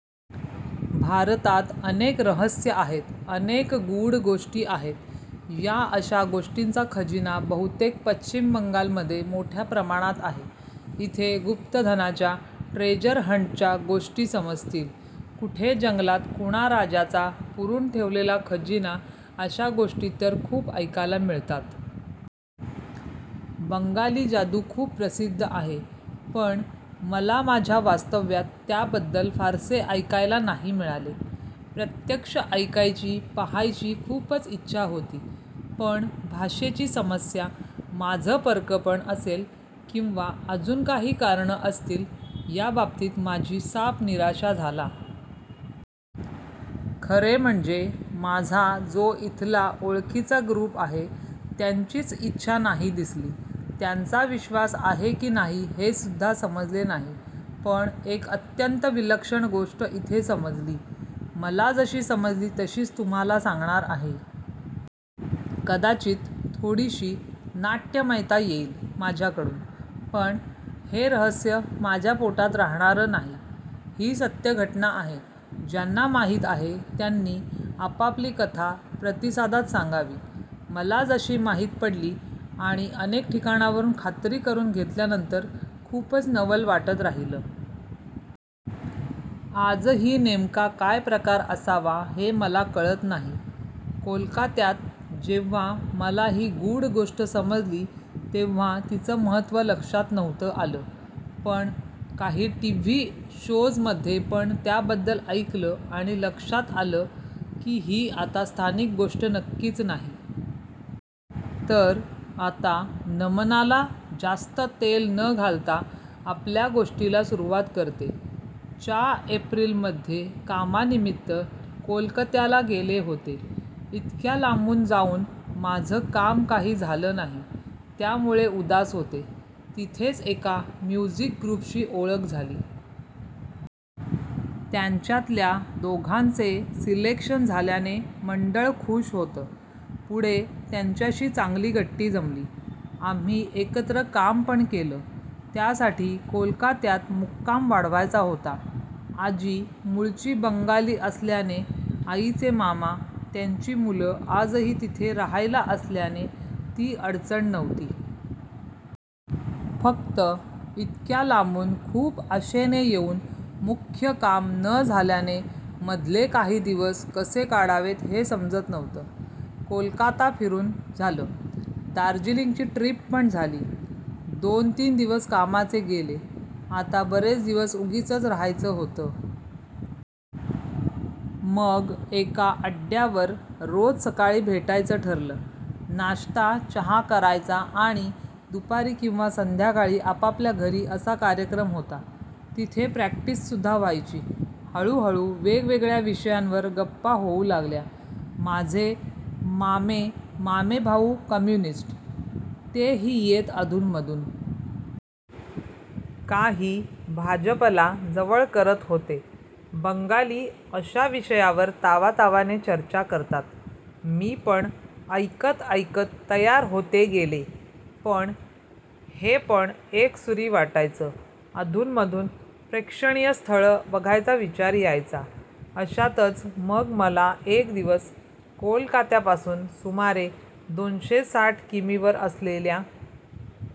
भारतात अनेक रहस्यं आहेत. अनेक गूढ गोष्टी आहेत. या अशा गोष्टींचा खजिना बहुतेक पश्चिम बंगाल मधे मोठ्या प्रमाणात आहे. इथे गुप्त धनाच्या, ट्रेजर हंटच्या गोष्टी समजतील, कुठे जंगलात कुणा राजाचा पुरून ठेवलेला खजिना अशा गोष्टी तर खूप ऐकायला मिळतात. बंगाली जादू खूप प्रसिद्ध आहे. पण मला माझ्या वास्तव्यात त्याबद्दल फारसे ऐकायला नाही मिळाले. प्रत्यक्ष ऐकायची पहायची खूपच इच्छा होती. पण भाषेची समस्या, माझं परकंपण असेल किंवा अजून काही कारणं असतील या बाबतीत माझी साफ निराशा झाला. खरे म्हणजे माझा जो इथला ओळखीचा ग्रुप आहे त्यांचीच इच्छा नाही दिसली. त्यांचा विश्वास आहे कि नाही हे सुद्धा समजले नाही. पण एक अत्यंत विलक्षण गोष्ट इथे समजली. मला जशी समजली तशीच तुम्हाला सांगणार आहे. कदाचित थोडीशी नाट्यमयता येईल माझ्याकडून. पण हे रहस्य माझ्या पोटात राहणारं नाही. ही सत्य घटना आहे. ज्यांना माहीत आहे त्यांनी आपापली कथा प्रतिसादात सांगावी. मला जशी माहीत पडली आणि अनेक ठिकाणावरून खात्री करून घेतल्यानंतर खूपच नवल वाटत राहीलं. आजही नेमका काय प्रकार असावा हे मला कळत नाही. कोलकात्यात जेव्हां मला ही गूढ गोष्ट समजली तेव्हां तिचं महत्व लक्षात नव्हतं आलं. पण काही टीव्ही शोज मधे पण त्याबद्दल ऐकलं आणि लक्षात आलं की ही आता स्थानिक गोष्ट नक्कीच नाही. तर आता नमनाला जास्त तेल न घालता आपल्या गोष्टीला सुरूवात करते. च्या एप्रिल मधे कामानिमित्त कोलकत्याला गेले होते. इतक्या लांबून जाऊन माझं काम काही झालं नाही. त्यामुळे उदास होते. तिथेच एका म्युझिक ग्रुपशी ओळख झाली. त्यांच्यातल्या दोघांचे सिलेक्शन झाल्याने मंडळ खूष होतं. पुढे त्यांच्याशी चांगली गट्टी जमली. आम्ही एकत्र काम पण केलं. त्यासाठी कोलकात्यात मुक्काम वाढवायचा होता. आजी मूळची बंगाली असल्याने आईचे मामा, त्यांची मुलं आजही तिथे रहायला असल्याने ती अडचण नव्हती. फक्त इतक्या लांबून खूप आशेने येऊन मुख्य काम न झाल्याने मधले काही दिवस कसे काढावेत हे समजत नव्हतं. कोलकाता फिरून झालं. दार्जिलिंगची ट्रीप पण झाली. दोन तीन दिवस कामाचे गेले. आता बरेच दिवस उगीचच रहायचं होतं. मग एका अड्ड्यावर रोज सकाळी भेटायचं ठरलं. नाश्ता चहा करायचा आणि दुपारी किंवा संध्याकाळी आपापल्या घरी असा कार्यक्रम होता. तिथे प्रॅक्टीस सुद्धा व्हायची. हळूहळू वेगवेगळ्या विषयांवर गप्पा होऊ लागल्या. माझे मामे-मामेभाऊ कम्युनिस्ट. ते ही येत अधून मधून. काही भाजपला जवळ करत होते. बंगाली अशा विषयावर तावातावाने चर्चा करतात. मी पण ऐकत ऐकत तयार होते गेले. पण हे पण एकसुरी वाटायचं. अधून मधून प्रेक्षणीय स्थळं बघायचा विचार यायचा. अशातच मग मला एक दिवस कोलकात्यापासून सुमारे दोनशे साठ किमी वर असलेल्या,--